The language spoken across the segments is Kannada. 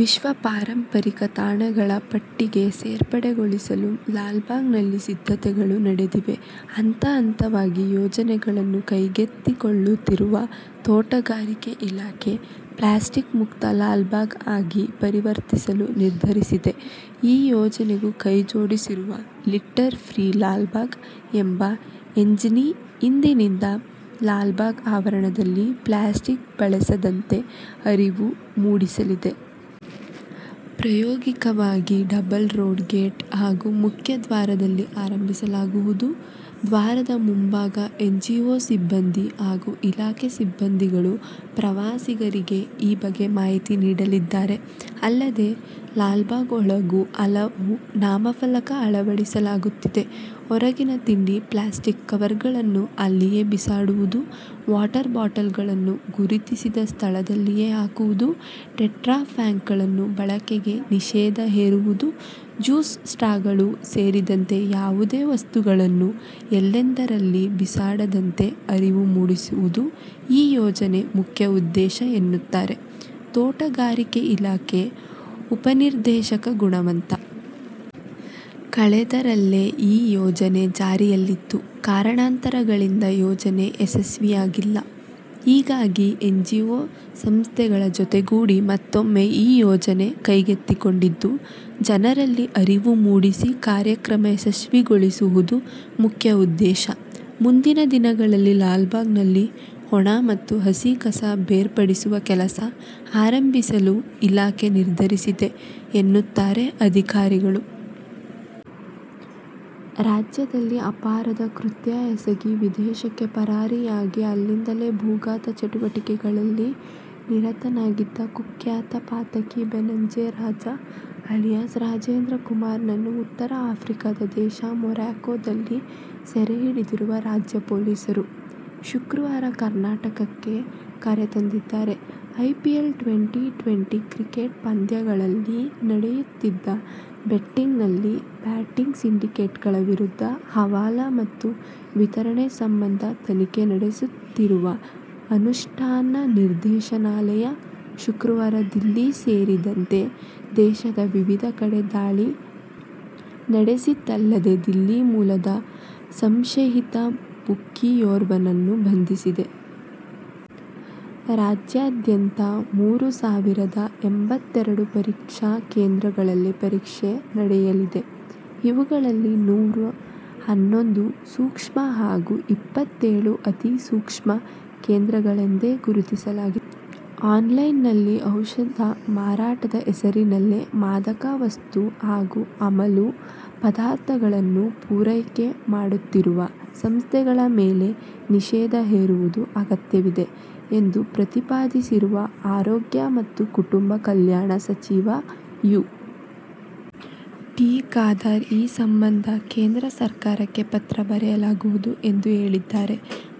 ವಿಶ್ವ ಪಾರಂಪರಿಕ ತಾಣಗಳ ಪಟ್ಟಿಗೆ ಸೇರ್ಪಡೆಗೊಳಿಸಲು ಲಾಲ್ಬಾಗ್ನಲ್ಲಿ ಸಿದ್ಧತೆಗಳು ನಡೆದಿವೆ. ಹಂತ ಹಂತವಾಗಿ ಯೋಜನೆಗಳನ್ನು ಕೈಗೆತ್ತಿಕೊಳ್ಳುತ್ತಿರುವ ತೋಟಗಾರಿಕೆ ಇಲಾಖೆ 'ಪ್ಲಾಸ್ಟಿಕ್ ಮುಕ್ತ ಲಾಲ್ಬಾಗ್ ಆಗಿ ಪರಿವರ್ತಿಸಲು ನಿರ್ಧರಿಸಿದೆ. ಈ ಯೋಜನೆಗೂ ಕೈ ಜೋಡಿಸಿರುವ 'ಲಿಟ್ಟರ್ ಫ್ರೀ ಲಾಲ್ಬಾಗ್' ಎಂಬ ಎನ್ಜಿ ಇಂದಿನಿಂದ ಲಾಲ್ಬಾಗ್ ಆವರಣದಲ್ಲಿ ಪ್ಲಾಸ್ಟಿಕ್ ಬಳಸದಂತೆ ಅರಿವು ಮೂಡಿಸಲಿದೆ. ಪ್ರಾಯೋಗಿಕವಾಗಿ ಡಬ್ಬಲ್ ರೋಡ್ ಗೇಟ್ ಹಾಗೂ ಮುಖ್ಯ ದ್ವಾರದಲ್ಲಿ ಆರಂಭಿಸಲಾಗುವುದು. ದ್ವಾರದ ಮುಂಭಾಗ ಎನ್ಜಿಒ ಸಿಬ್ಬಂದಿ ಹಾಗೂ ಇಲಾಖೆ ಸಿಬ್ಬಂದಿಗಳು ಪ್ರವಾಸಿಗರಿಗೆ ಈ ಬಗ್ಗೆ ಮಾಹಿತಿ ನೀಡಲಿದ್ದಾರೆ. ಅಲ್ಲದೇ, ಲಾಲ್ಬಾಗ್ ಒಳಗೂ ಹಲವು ನಾಮಫಲಕ ಅಳವಡಿಸಲಾಗುತ್ತಿದೆ. ಹೊರಗಿನ ತಿಂಡಿ ಪ್ಲಾಸ್ಟಿಕ್ ಕವರ್ಗಳನ್ನು ಅಲ್ಲಿಯೇ ಬಿಸಾಡುವುದು, ವಾಟರ್ ಬಾಟಲ್ಗಳನ್ನು ಗುರುತಿಸಿದ ಸ್ಥಳದಲ್ಲಿಯೇ ಹಾಕುವುದು, ಟೆಟ್ರಾಪ್ಯಾಕ್ಗಳ ಬಳಕೆಗೆ ನಿಷೇಧ ಹೇರುವುದು, ಜ್ಯೂಸ್ ಸ್ಟ್ರಾಗಳು ಸೇರಿದಂತೆ ಯಾವುದೇ ವಸ್ತುಗಳನ್ನು ಎಲ್ಲೆಂದರಲ್ಲಿ ಬಿಸಾಡದಂತೆ ಅರಿವು ಮೂಡಿಸುವುದು ಈ ಯೋಜನೆ ಮುಖ್ಯ ಉದ್ದೇಶ ಎನ್ನುತ್ತಾರೆ ತೋಟಗಾರಿಕೆ ಇಲಾಖೆ ಉಪನಿರ್ದೇಶಕ ಗುಣವಂತ. ಕಳೆದ ರಲ್ಲೇ ಈ ಯೋಜನೆ ಜಾರಿಯಲ್ಲಿತ್ತು. ಕಾರಣಾಂತರಗಳಿಂದ ಯೋಜನೆ ಯಶಸ್ವಿಯಾಗಿಲ್ಲ. ಹೀಗಾಗಿ, ಎನ್ಜಿಒ ಸಂಸ್ಥೆಗಳ ಜೊತೆಗೂಡಿ ಮತ್ತೂಮ್ಮೆ ಈ ಯೋಜನೆ ಕೈಗೆತ್ತಿಕೊಂಡಿದ್ದು, ಜನರಲ್ಲಿ ಅರಿವು ಮೂಡಿಸಿ ಕಾರ್ಯಕ್ರಮ ಯಶಸ್ವಿಗೊಳಿಸುವುದು ಮುಖ್ಯ ಉದ್ದೇಶ. ಮುಂದಿನ ದಿನಗಳಲ್ಲಿ ಲಾಲ್ಬಾಗ್ನಲ್ಲಿ ಒಣ ಮತ್ತು ಹಸಿ ಕಸ ಬೇರ್ಪಡಿಸುವ ಕೆಲಸ ಆರಂಭಿಸಲು ಇಲಾಖೆ ನಿರ್ಧರಿಸಿದೆ ಎನ್ನುತ್ತಾರೆ ಅಧಿಕಾರಿಗಳು. ರಾಜ್ಯದಲ್ಲಿ ಅಪರಾಧ ಕೃತ್ಯ ಎಸಗಿ ವಿದೇಶಕ್ಕೆ ಪರಾರಿಯಾಗಿ ಅಲ್ಲಿಂದಲೇ ಭೂಗತ ಚಟುವಟಿಕೆಗಳಲ್ಲಿ ನಿರತನಾಗಿದ್ದ ಕುಖ್ಯಾತ ಪಾತಕಿ ಬನ್ನಂಜೆ ರಾಜ ಅಲಿಯಾಸ್ ರಾಜೇಂದ್ರಕುಮಾರ್ನನ್ನು ಉತ್ತರ ಆಫ್ರಿಕಾದ ದೇಶ ಮೊರಕ್ಕೋದಲ್ಲಿ ಸೆರೆ ಹಿಡಿದಿರುವ ರಾಜ್ಯ ಪೊಲೀಸರು, ಶುಕ್ರವಾರ ಕರ್ನಾಟಕಕ್ಕೆ ಕರೆದುತಂದಿದ್ದಾರೆ. ಐಪಿಎಲ್ ಟ್ವೆಂಟಿ-ಟ್ವೆಂಟಿ ಕ್ರಿಕೆಟ್ ಪಂದ್ಯಗಳಲ್ಲಿ ನಡೆಯುತ್ತಿದ್ದ ಬೆಟ್ಟಿಂಗ್ನಲ್ಲಿ ಬೆಟ್ಟಿಂಗ್ ಸಿಂಡಿಕೇಟ್ಗಳ ವಿರುದ್ಧ ಹವಾಲಾ ಮತ್ತು ವಿತರಣೆ ಸಂಬಂಧ ತನಿಖೆ ನಡೆಸುತ್ತಿರುವ ಅನುಷ್ಠಾನ ನಿರ್ದೇಶನಾಲಯ ಶುಕ್ರವಾರ ದಿಲ್ಲಿ ಸೇರಿದಂತೆ ದೇಶದ ವಿವಿಧ ಕಡೆ ದಾಳಿ ನಡೆಸಿತಲ್ಲದೇ ದಿಲ್ಲಿ ಮೂಲದ ಸಂಶಯಿತ ಬುಕ್ಕಿಯೋರ್ವನನ್ನು ಬಂಧಿಸಿದೆ. ರಾಜ್ಯಾದ್ಯಂತ ಮೂರು ಸಾವಿರದ ಎಂಬತ್ತೆರಡು ಪರೀಕ್ಷಾ ಕೇಂದ್ರಗಳಲ್ಲಿ ಪರೀಕ್ಷೆ ನಡೆಯಲಿದೆ. ಇವುಗಳಲ್ಲಿ ನೂರ ಹನ್ನೊಂದು ಸೂಕ್ಷ್ಮ ಹಾಗೂ ಇಪ್ಪತ್ತೇಳು ಅತಿಸೂಕ್ಷ್ಮ ಕೇಂದ್ರಗಳೆಂದು ಗುರುತಿಸಲಾಗಿದೆ. ಆನ್ಲೈನ್ನಲ್ಲಿ ಔಷಧ ಮಾರಾಟದ ಹೆಸರಿನಲ್ಲಿ ಮಾದಕ ವಸ್ತು ಹಾಗೂ ಅಮಲು ಪ್ರದಾರ್ಥಗಳನ್ನು ಪೂರೈಕೆ ಮಾಡುತ್ತಿರುವ ಸಂಸ್ಥೆಗಳ ಮೇಲೆ ನಿಷೇಧ ಹೇರುವುದು ಅಗತ್ಯವಿದೆ ಎಂದು ಪ್ರತಿಪಾದಿಸಿರುವ ಆರೋಗ್ಯ ಮತ್ತು ಕುಟುಂಬ ಕಲ್ಯಾಣ ಸಚಿವ ಯು. ಟಿ. ಖಾದರ್, ಈ ಸಂಬಂಧ ಕೇಂದ್ರ ಸರ್ಕಾರಕ್ಕೆ ಪತ್ರ ಬರೆಯಲಾಗುವುದು ಎಂದು ಹೇಳಿದ್ದಾರೆ.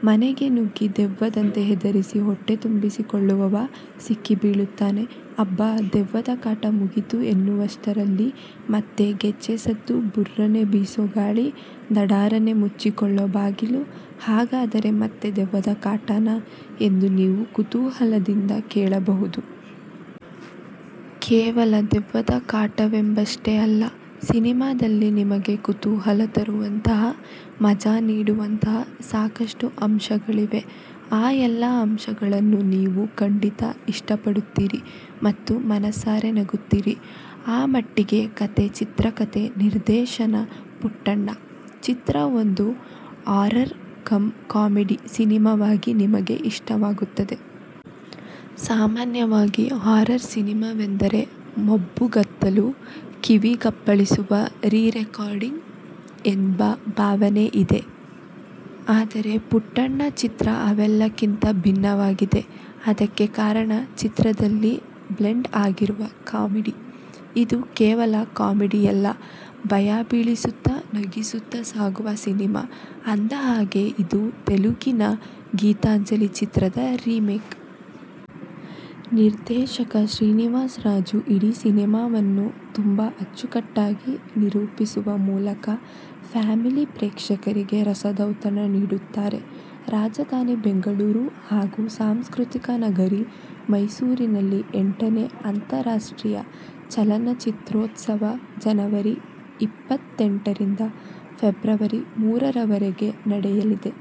ಮನೆಗೆ ನುಗ್ಗಿ ದೆವ್ವದಂತೆ ಹೆದರಿಸಿ ಹೊಟ್ಟೆ ತುಂಬಿಸಿಕೊಳ್ಳುವವ ಸಿಕ್ಕಿ ಬೀಳುತ್ತಾನೆ. ಅಬ್ಟಾ, ದೆವ್ವದ ಕಾಟ ಮುಗೀತು ಎನ್ನುವಷ್ಟರಲ್ಲಿ ಮತ್ತೆ ಗೆಜ್ಜೆ ಸದ್ದು, ಬರ್ರನೇ ಬಿಸೋ ಗಾಳಿ, ಧಡಾರನೇ ಮುಚ್ಚಿಕೊಳ್ಳೋ ಬಾಗಿಲು ಹಾಗಾದರೆ ಮತ್ತೆ ದೆವ್ವದ ಕಾಟನಾ ಎಂದು ನೀವು ಕುತೂಹಲದಿಂದ ಕೇಳಬಹುದು. ಕೇವಲ ದೆವ್ವದ ಕಾಟವೊಂದಷ್ಟೇ ಅಲ್ಲ, ಸಿನಿಮಾದಲ್ಲಿ ನಿಮಗೆ ಕುತೂಹಲ ತರುವಂತಹ, ಮಜಾ ನೀಡುವಂತಹ ಸಾಕಷ್ಟು ಅಂಶಗಳಿವೆ. ಆ ಎಲ್ಲಾ ಅಂಶಗಳನ್ನು ನೀವು ಖಂಡಿತಾ ಇಷ್ಟಪಡುತ್ತೀರಿ ಮತ್ತು ಮನಸ್ಸಾರೆ ನಗುತ್ತೀರಿ. ಆ ಮಟ್ಟಿಗೆ "ಕಥೆ ಚಿತ್ರಕಥೆ ನಿರ್ದೇಶನ ಪುಟ್ಟಣ್ಣ' ಚಿತ್ರ ಒಂದು ಹಾರರ್ ಕಂ ಕಾಮಿಡಿ ಸಿನಿಮಾವಾಗಿ ನಿಮಗೆ ಇಷ್ಟವಾಗುತ್ತದೆ. ಸಾಮಾನ್ಯವಾಗಿ ಹಾರರ್ ಸಿನಿಮಾವೆಂದರೆ ಮಬ್ಬುಗತ್ತಲು, ಕಿವಿಗಪ್ಪಳಿಸುವ ರೀರೆಕಾರ್ಡಿಂಗ್ ಎಂಬ ಭಾವನೆ ಇದೆ. ಆದರೆ, "ಪುಟ್ಟಣ್ಣ' ಚಿತ್ರ ಅವೆಲ್ಲಕ್ಕಿಂತ ಭಿನ್ನವಾಗಿದೆ. ಅದಕ್ಕೆ ಕಾರಣ ಚಿತ್ರದಲ್ಲಿ ಬ್ಲೆಂಡ್ ಆಗಿರುವ ಕಾಮಿಡಿ. ಇದು ಕೇವಲ ಕಾಮಿಡಿಯಲ್ಲ, ಭಯಬೀಳಿಸುತ್ತಾ, ನಗಿಸುತ್ತಾ ಸಾಗುವ ಸಿನಿಮಾ. ಅಂದಹಾಗೆ, ಇದು ತೆಲುಗಿನ "ಗೀತಾಂಜಲಿ' ಚಿತ್ರದ ರೀಮೇಕ್. ನಿರ್ದೇಶಕ ಶ್ರೀನಿವಾಸ್ರಾಜು ಇಡೀ ಸಿನಿಮಾವನ್ನು ತುಂಬಾ ಅಚ್ಚುಕಟ್ಟಾಗಿ ನಿರೂಪಿಸುವ ಮೂಲಕ ಫ್ಯಾಮಿಲಿ ಪ್ರೇಕ್ಷಕರಿಗೆ ರಸದೌತಣ ನೀಡುತ್ತಾರೆ. ರಾಜಧಾನಿ ಬೆಂಗಳೂರು ಹಾಗೂ ಸಾಂಸ್ಕೃತಿಕ ನಗರಿ ಮೈಸೂರಿನಲ್ಲಿ ಎಂಟನೇ ಅಂತಾರಾಷ್ಟ್ರೀಯ ಚಲನಚಿತ್ರೋತ್ಸವ ಜನವರಿ ಇಪ್ಪತ್ತೆಂಟರಿಂದ ಫೆಬ್ರವರಿ ಮೂರ ರವರೆಗೆ ನಡೆಯಲಿದೆ.